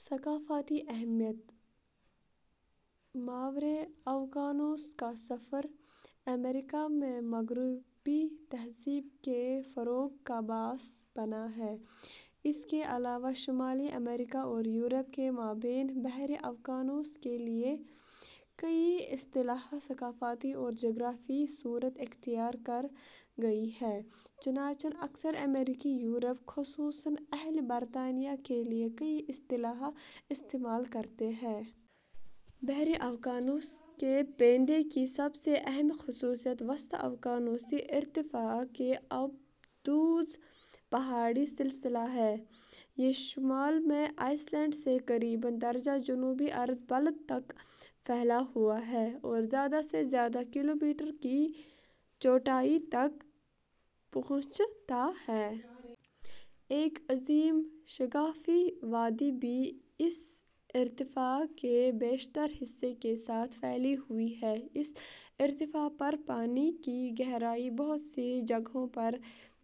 ثقافتی اہمیت: ماورائے اوقیانوس کا سفر امریکا میں مغربی تہذیب کے فروغ کا باعث بنا ہے، اس کے علاوہ شمالی امریکا اور یورپ کے مابین بحرِ اوقیا نوس کے لیے کی اصطلاح ثقافتی اور جغرافیائی صورت اختیار کر گئی ہے، چنانچہ اکثر امریکی، یورپ خصوصاً اہلِ برطانیہ کے لیے "" کی اصطلاح استعمال کرتے ہیں۔ بحر اوقیانوس کے پیندے کی سب سے اہم خصوصیت وسط اوقیانوسی ارتفاع کا آبدوز پہاڑی سلسلہ ہے۔ یہ شمال میں آئس لینڈ سے قریبا درجے جنوبی عرض بلد تک پھیلا ہوا ہے اور زیادہ سے زیادہ کلومیٹر کی چوڑائی تک پہنچتا ہے۔ ایک عظیم شگافی وادی بھی اس ارتفاع کے بیشتر حصے کے ساتھ پھیلی ہوئی ہے۔ اس ارتفاع پر پانی کی گہرائی بہت سی جگہوں پر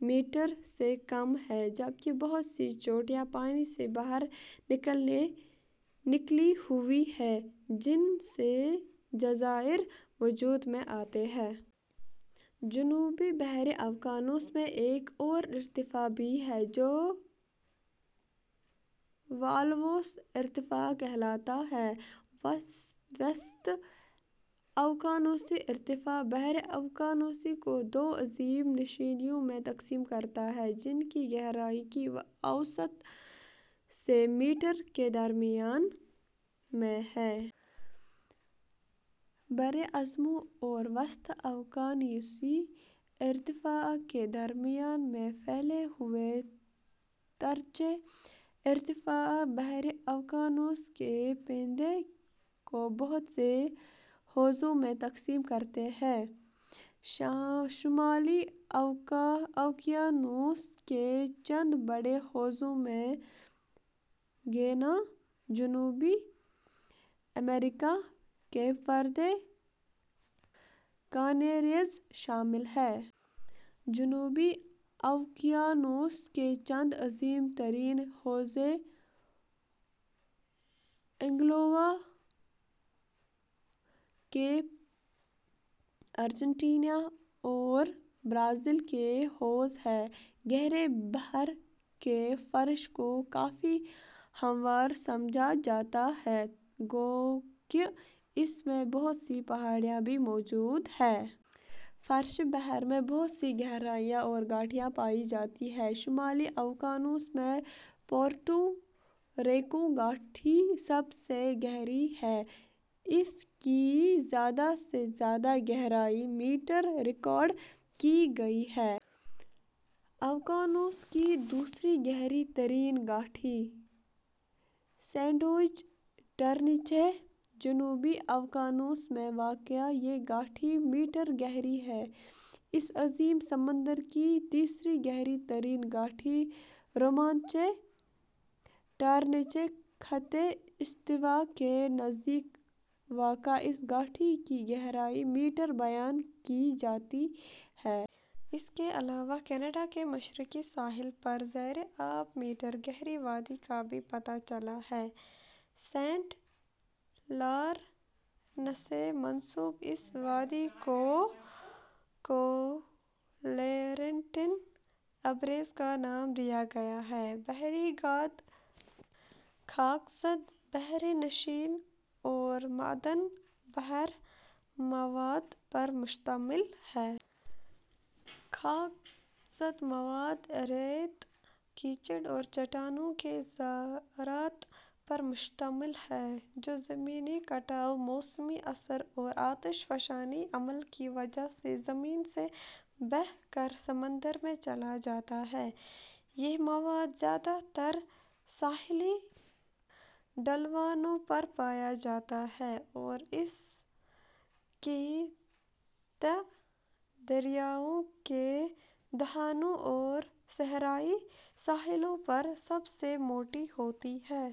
میٹر سے کم ہے جبکہ بہت سی چوٹیاں پانی سے باہر نکلی ہوئی ہیں جن سے جزائر وجود میں آتے ہیں۔ جنوبی بحر اوقیانوس میں ایک اور ارتفاع بھی ہے جو والوس ارتفاع کہلاتا ہے۔ وسط اوقیانوسی ارتفاع بحر اوقیانوس کو دو عظیم نشیبوں میں تقسیم کرتا ہے جن کی گہرائی کی اوسط سے میٹر کے درمیان میں ہے۔ براعظموں اور وسط اوقیانوسی ارتفاع کے درمیان میں پھیلے ہوئے ترچھے ارتفاع بحر اوقیانوس کے پیندے کو بہت سے حوضوں میں تقسیم کرتے ہیں۔ شمالی اوقیانوس کے چند بڑے حوضوں میں گیانا ، جنوبی امریکا، کیپ وردے، کانریز شامل ہیں۔ جنوبی اوقیانوس کے چند عظیم ترین حوض انگولا، کیپ، ارجنٹینا اور برازیل کے حوض ہیں۔ گہرے بحر کے فرش کو کافی ہموار سمجھا جاتا ہے گوکہ اس میں بہت سی پہاڑیاں بھی موجود ہیں۔ فرش بحر میں بہت سی گہرائیاں اور گھاٹیاں بھی پائی جاتی ہیں۔ شمالی اوقیانوس میں پورٹو ریکو گھاٹی سب سے گہری ہے۔ اس کی زیادہ سے زیادہ گہرائی, میٹرریکا رڈ کی گئی ہے۔ اوقیانوس کی دوسری گہری ترین گھاٹی سینڈوچ ٹرنچہے، جنو بی اوقیانوس میں واقع یہ گھاٹی میٹرگہری ہے، اس عظیم سمندر کی تیسری گہری ترین گھاٹی رومانچے ٹرنچہے، خط ِاستواکے نزدیک واقع اس گھاٹی کی گہرائی میٹربیان کی جاتی ہے۔ اس کے علاوہ کینیڈا کے مشرقی ساحل پر زیرِآب, میٹر گہری وادی کا بھی پتہ چلا ہے، سینٹ لارنسسے منسوب اس وادی کولورینٹن ابیز کا نام دیا گیا ہے۔ بحری گاد خاکزاد، بحرنشین اور معدن البحر مواد پر مشتمل ہے۔ خاکزاد مواد ریت، کیچڑ اور چٹانوں کے ذرات پر مشتمل ہے جو زمینی کٹاؤ، موسمی اثر اور آتش فشانی عمل کی وجہ سے زمین سے بہہ کر سمندر میں چلا جاتا ہے۔ یہ مواد زیادہ تر ساحلی ڈھلوانوں پر پایا جاتا ہے اور اس کی تہ دریاؤں کے دہانوں اور صحرائی ساحلوں پر سب سے موٹی ہوتی ہے۔